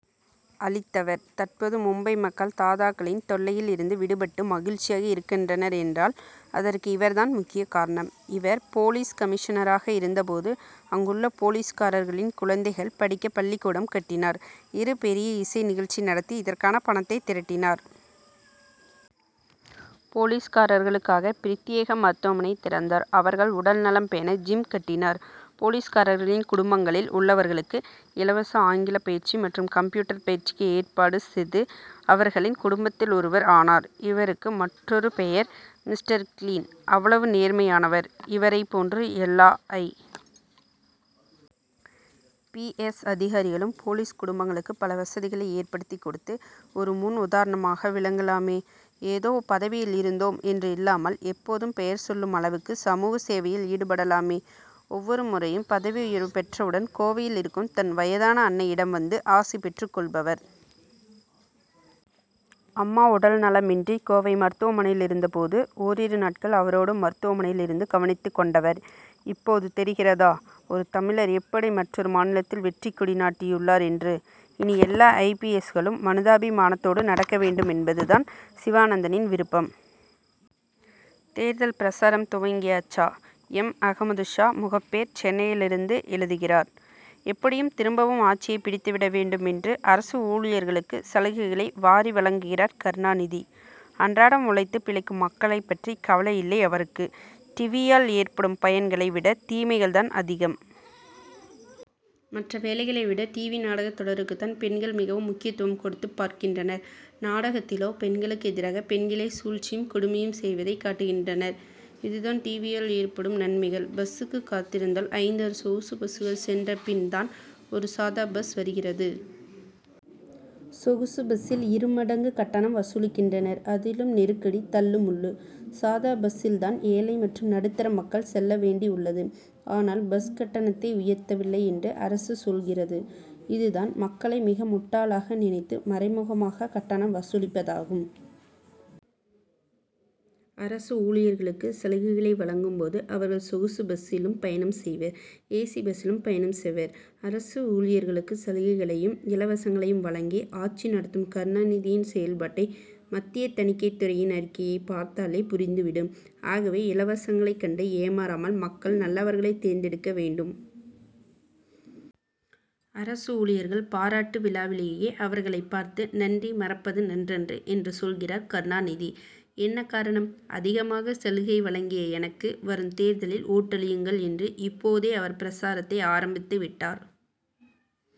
அழித்தவர். தற்போது மும்பை மக்கள், தாதாக்களின் தொல்லையில் இருந்து விடுபட்டு மகிழ்ச்சியாக இருக்கின்றனர் என்றால், அதற்கு இவர் தான் முக்கிய காரணம். இவர், போலீஸ் கமிஷனராக இருந்த போது, அங்குள்ள போலீஸ்காரர்களின் குழந்தைகள் படிக்க பள்ளிக்கூடம் கட்டினார். இரு பெரிய இசை நிகழ்ச்சி நடத்தி, இதற்கான பணத்தை திரட்டினார். போலீஸ்காரர்களுக்காக, பிரத்யேக மருத்துவமனை திறந்தார். அவர்கள் உடல்நலம் பேண, ஜிம் கட்டினார். போலீஸ்காரர்களின் குடும்பங்களில் உள்ளவர்களுக்கு, இலவச ஆங்கிலப்பயிற்சி மற்றும் கம்ப்யூட்டர் பயிற்சிக்கு ஏற்பாடு செது, அவர்களின் குடும்பத்தில் ஒருவர் ஆனார். இவருக்கு மற்றொரு பெயர், மிஸ்டர் கிளீன்! அவ்வளவு நேர்மையானவர். இவரை போன்று எல்லா ஐ. பி. எஸ். அதிகாரிகளும், போலீஸ் குடும்பங்களுக்கு பல வசதிகளை ஏற்படுத்தி கொடுத்து, ஒரு முன் உதாரணமாக விளங்கலாமே? ஏதோ பதவியில் இருந்தோம் என்று இல்லாமல், எப்போதும் பெயர் சொல்லும் அளவுக்கு, சமூக சேவையில் ஈடுபடலாமே. ஒவ்வொரு முறையும் பதவி உயர்வு பெற்றவுடன், கோவையில் இருக்கும் தன் வயதான அன்னையிடம் வந்து ஆசிபெற்றுக் கொள்பவர். அம்மா உடல்நலமின்றி கோவை மருத்துவமனையிலிருந்த போது, ஓரிரு நாட்கள் அவரோடு மருத்துவமனையில் இருந்து கவனித்துக் கொண்டவர். இப்போது தெரிகிறதா? ஒரு தமிழர் எப்படி மற்றொரு மாநிலத்தில் வெற்றிக்கொடி நாட்டியுள்ளார் என்று. இனி எல்லா ஐ. பி. எஸ்.களும் மனிதாபிமானத்தோடு நடக்க வேண்டும் என்பது தான் சிவானந்தனின் விருப்பம். தேர்தல் பிரசாரம் துவங்கியாச்சா? எம். அகமதுஷா, முகப்பேர், சென்னையிலிருந்து எழுதுகிறார்: எப்படியும் திரும்பவும் ஆட்சியை பிடித்துவிட வேண்டும் என்று, அரசு ஊழியர்களுக்கு சலுகைகளை வாரி வழங்குகிறார் கருணாநிதி. அன்றாடம் உழைத்து பிழைக்கும் மக்களைப் பற்றி கவலையில்லை அவருக்கு. டிவியால் ஏற்படும் பயன்களை விட, தீமைகள் தான் அதிகம். மற்ற வேலைகளை விட, டிவி நாடக தொடருக்குத்தான் பெண்கள் மிகவும் முக்கியத்துவம் கொடுத்து பார்க்கின்றனர். நாடகத்திலோ, பெண்களுக்கு எதிராக, பெண்களே சூழ்ச்சியும், கொடுமையும் செவதை காட்டுகின்றனர். இதுதான், டிவியால் ஏற்படும், நன்மைகள்! பஸ்சுக்கு காத்திருந்தால், ஐந்து, ஆறு சொகுசு பஸ்கள் சென்றபின் தான் ஒரு சாதா பஸ் வருகிறது. சொகுசு பஸ்சில், இருமடங்கு கட்டணம் வசூலிக்கின்றனர். அதிலும் நெருக்கடி, தள்ளு முள்ளு. சாதா பஸ்சில் தான் ஏழை மற்றும் நடுத்தர மக்கள் செல்ல வேண்டி உள்ளது. ஆனால், பஸ் கட்டணத்தை உயர்த்தவில்லை என்று அரசு சொல்கிறது. இதுதான், மக்களை மிக முட்டாளாக நினைத்து, மறைமுகமாக கட்டணம் வசூலிப்பதாகும். அரசு ஊழியர்களுக்கு சலுகைகளை வழங்கும் போது, அவர்கள் சொகுசு பஸ்சிலும் பயணம் செவர், ஏசி பஸ்சிலும் பயணம் செவர். அரசு ஊழியர்களுக்கு சலுகைகளையும், இலவசங்களையும் வழங்கி, ஆட்சி நடத்தும் கருணாநிதியின் செயல்பாட்டை, மத்திய தணிக்கை துறையின் அறிக்கையை பார்த்தாலே புரிந்து விடும். ஆகவே, இலவசங்களை கண்டு ஏமாறாமல், மக்கள், நல்லவர்களை தேர்ந்தெடுக்க வேண்டும். அரசு ஊழியர்கள் பாராட்டு விழாவிலேயே, அவர்களை பார்த்து, நன்றி மறப்பது நன்றன்று என்று சொல்கிறார் கருணாநிதி. என்ன காரணம்? அதிகமாக சலுகை வழங்கிய எனக்கு, வரும் தேர்தலில் ஓட்டளியுங்கள் என்று, இப்போதே அவர் பிரசாரத்தை ஆரம்பித்து விட்டார்.